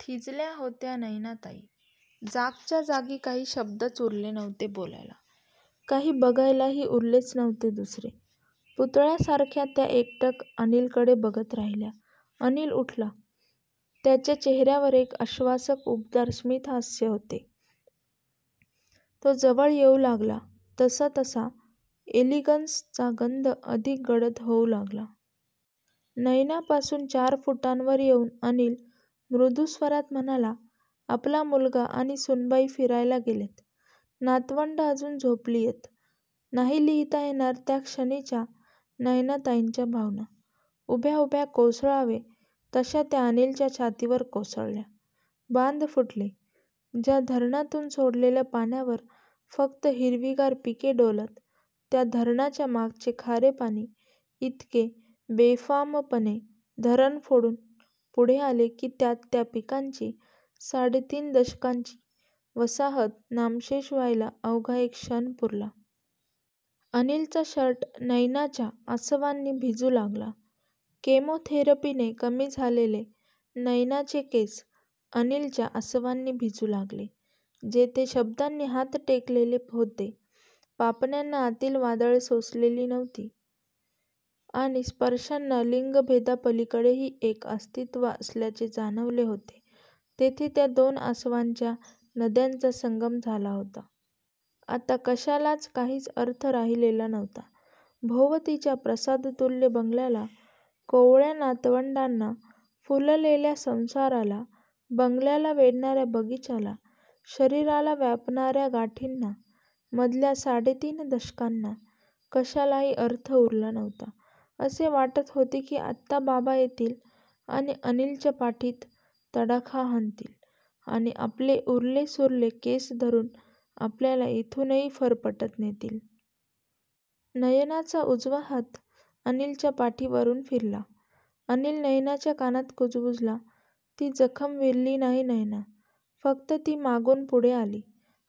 थिजल्या होत्या नयनाताई! जागच्याजागी! काही शब्दच उरले नव्हते बोलायला. काही बघायलाही उरलेच नव्हते दुसरे! पुतळ्यासारख्या त्या एकटक अनिलकडे बघत राहिल्या. अनिल उठला. त्याच्या चेहर्यावर एक आश्वासक उबदार स्मितहास्य होते. तो जवळ येऊ लागला तसतसा 'एलिगन्स'चा गंध अधिक गडद होऊ लागला. नयनापासून चार फुटांवर येऊन अनिल मृदू स्वरात म्हणाला"आपला मुलगा आणि सूनबाई फिरायला गेलेत. नातवंडं अजून झोपलीयत"नाही लिहिता येणार त्या क्षणीच्या नयनाताईंच्या भावना! उभ्या उभ्या कोसळावे तश्या त्या अनिलच्या छातीवर कोसळल्या. बांध फुटले. ज्या धरणातून सोडलेल्या पाण्यावर फक्त हिरवीगार पिके डोलत त्या धरणाच्या मागचे खारे पाणी इतके बेफामपणे धरण फोडून पुढे आले की त्यात त्या पिकांची साडे तीन दशकांची वसाहत नामशेष व्हायला अवघा एक क्षण पुरला. अनिलचा शर्ट नयनाच्या आसवांनी भिजू लागला. केमोथेरपीने कमी झालेले नयनाचे केस अनिलच्या आसवांनी भिजू लागले. जेथे शब्दांनी हात टेकलेले होते, पापण्यांना आतील वादळे सोसलेली नव्हती आणि स्पर्शांना लिंगभेदापलीकडेही एक अस्तित्व असल्याचे जाणवले होते तेथे त्या दोन आसवांच्या नद्यांचा संगम झाला होता. आता कशालाच काहीच अर्थ राहिलेला नव्हता. भोवतीच्या प्रासादतूल्य बंगल्याला, कोवळ्या नातवंडांना, फुललेल्या संसाराला, बंगल्याला वेढणार्या बगीच्याला, शरीराला व्यापणार्या गाठींना, मधल्या साडे तीन दशकांना! कशालाही अर्थ उरला नव्हता. असे वाटत होते की आत्ता बाबा येतील आणि अनिलच्या पाठीत तडाखा हाणतील आणि आपले उरले सुरले केस धरून आपल्याला येथूनही फरफटत नेतील. नयनाचा उजवा हात अनिलच्या पाठीवरून फिरला. अनिल नयनाच्या कानात कुजबुजला. "ती जखम विरली नाही नयना, फक्त ती मागून पुढे आली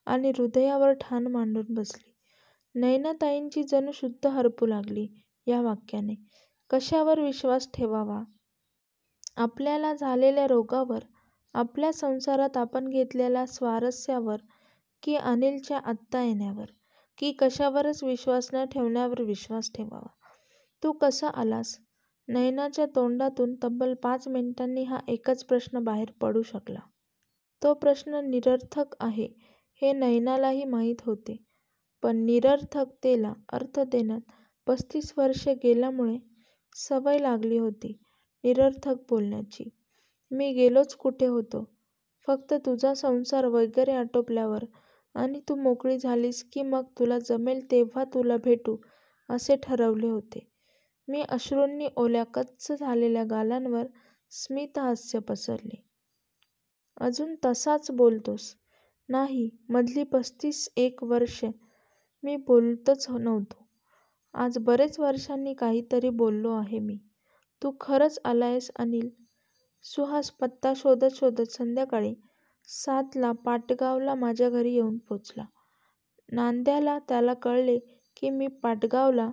आणि हृदयावर ठाण मांडून बसली"नयनाताईंची जणू शुद्ध हरपू लागली ह्या वाक्याने! कशावर विश्वास ठेवावा? आपल्याला झालेल्या रोगावर? आपल्या संसारात आपण घेतलेल्या स्वारस्यावर? की अनिलच्या आत्ता येण्यावर? की कशावरच विश्वास न ठेवण्यावर विश्वास ठेवावा? "तू कसा आलास? "नयनाच्या तोंडातून तब्बल पाच मिनिटांनी हा एकच प्रश्न बाहेर पडू शकला. तो प्रश्न निरर्थक आहे हे नयनालाही माहीत होते, पण निरर्थकतेला अर्थ देण्यात पस्तीस वर्षे गेल्यामुळे सवय लागली होती निरर्थक बोलण्याची! "मी गेलोच कुठे होतो? फक्त तुझा संसार वगैरे आटोपल्यावर आणि तू मोकळी झालीस की मग तुला जमेल तेव्हा तुला भेटू असे ठरवले होते मी"अश्रूंनी ओल्या कच्च झालेल्या गालांवर स्मितहास्य पसरले. "अजून तसाच बोलतोस? ""नाही, मधली पस्तीस एक वर्षे मी बोलतच नव्हतो, आज बरेच वर्षांनी काहीतरी बोललो आहे मी""तू खरंच आलायस अनिल? ""सुहास पत्ता शोधत शोधत संध्याकाळी सातला पाटगावला माझ्या घरी येऊन पोचला. नांद्याला त्याला कळले की मी पाटगावला